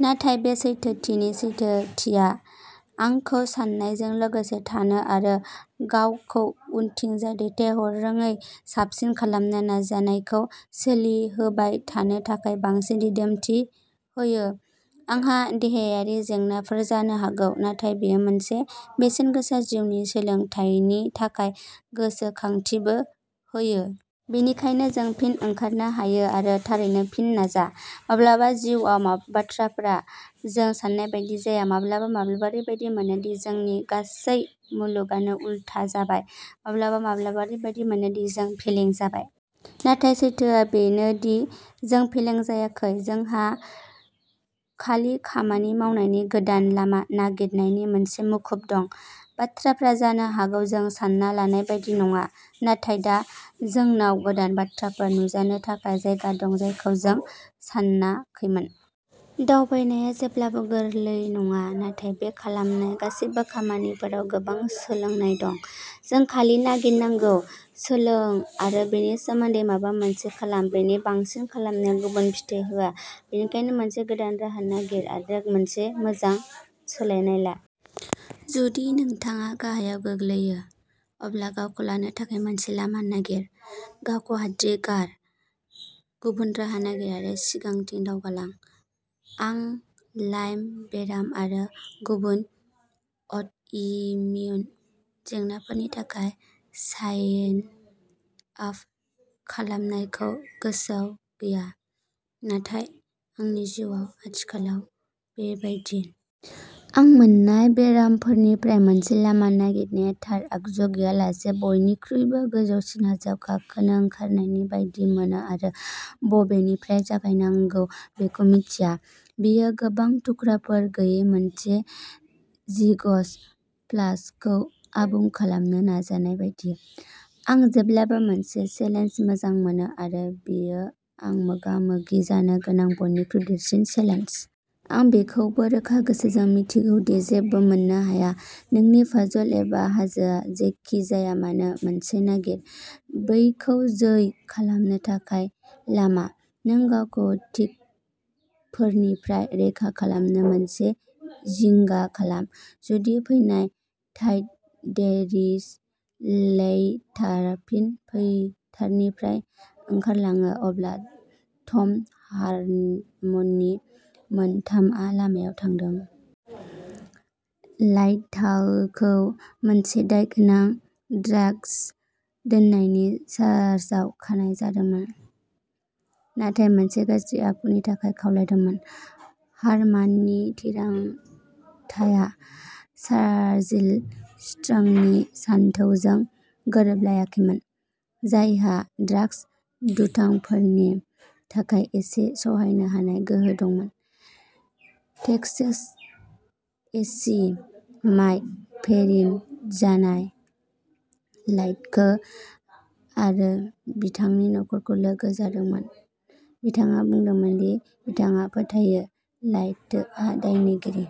नाथाय बे सैथोथिनि सैथोथिया आंखौ सानायजों लोगोसे थानो आरो गावखौ उनथिंजाय दैथायहराङै साबसिन खालामनो नाजानायखौ सोलिहोबाय थानो थाखाय बांसिन दिदोमथि होयो। आंहा देहायारि जेंनाफोर जानो हागौ, नाथाय बेयो मोनसे बेसेनगोसा जिउनि सोलोंथायनि थाखाय गोसोखांथिबो होयो। बेनिखायनो जों फिन ओंखारनो हायो आरो थारैनो फिन नाजा। माब्लाबा जिउआव बाथ्राफोरा जों सान्नाय बायदि जाया। माब्लाबा माब्लाबा ओरैबादि मोनो दि जोंनि गासै मुलुगानो उलथा जाबाय। माब्लाबा माब्लाबा ओरैबादि मोनो दि जों फेलें जाबाय। नाथाय सैथोआ बेनो दि, जों फेलें जायाखै। जोंहा खालि खामानि मावनायनि गोदान लामा नागिरनायनि मोनसे मुखुब दं। बाथ्राफोरा जानो हागौ जों सानना लानाय बायदि नङा नाथाय दा जोंनाव गोदान बाथ्राफोर नुजानो थाखाय जायगा दं जायखौ जों सानाखैमोन। दावबायनाया जेब्लाबो गोरलै नङा नाथाय जों खालामनाय गासैबो खामानिफोराव गोबां सोलोंनाय दं। जों खालि नागिरनांगौ। सोलों आरो बेनि सोमोन्दै माबा मोनसे खालाम। बेनि बांसिन खालामनाया गुबुन फिथाय होआ। बेनिखायनो मोनसे गोदान राहा नागिर आरो मोनसे मोजां सोलायनाय ला। जुदि नोंथाङा गाहायाव गोग्लैयो, अब्ला गावखौ लानो थाखाय मोनसे लामा नागिर, गावखौ हाद्रि गार, गुबुन राहा नागिर आरो सिगांथिं दावगालां। आं लाइम बेराम आरो गुबुन अट'इमिउन जेंनाफोरनि थाखाय साइन आप खालामनायखौ गोसोआव गैया, नाथाय आंनि जिउआव आथिखालाव बेबायदि। आं मोननाय बेरामफोरनिफ्राय मोनसे लामा नागिरनाया थार आगजु गैयालासे बयनिख्रुइबो गोजौसिन हाजोआव गाखोनो ओंखारनायनि बायदि मोनो आरो बबेनिफ्राय जागायनांगौ बेखौ मिन्थिया। बेयो गोबां थुख्राफोर गैयै मोनसे जिगस' पाजलखौ आबुं खालामनो नाजानाय बायदि। आं जेब्लाबो मोनसे चेलेन्ज मोजां मोनो आरो बेयो आं मोगा-मोगि जानो गोनां बयनिख्रुइ देरसिन चेलेन्ज। आं बेखौबो रोखा गोसोजों मिन्थिगौ दि जेबो मोननो हाया। नोंनि पाजल एबा हाजोआ जेखि जाया मानो मोनसे नागिर। बेखौ जै खालामनो थाखाय लामा। नों गावखौ टिकफोरनिफ्राय रैखा खालामनो मानो जिंगा खालाम। जुदि फैनाय टाइट एन्ड रिस लेइताओआ फिन फोथारनिफ्राय ओंखारलाङो, अब्ला टम हारमाननि मानथाखोआ लामायाव थांदों । लेइताओखौ मोनसे दायगोनां ड्रागस दोननायनि चार्जाव खानाय जादोंमोन, नाथाय मोनसे गाज्रि आखुनि थाखाय खावलायदोंमोन। हारमाननि थिरांथाआ चार्लि स्ट्रंनि सानथौजों गोरोबलायाखैमोन, जायहा ड्रागस दुथांफोरनि थाखाय एसे सहायनो हानाय गोहो दंमोन। टेक्सास एडि माइक पेरिन, जाय लेइताओ आरो बिथांनि नखरजों लोगो जादोंमोन, बिथाङा बुंदोंमोन दि बिथाङा फोथायो लेइटाओआ दायनिगिरि।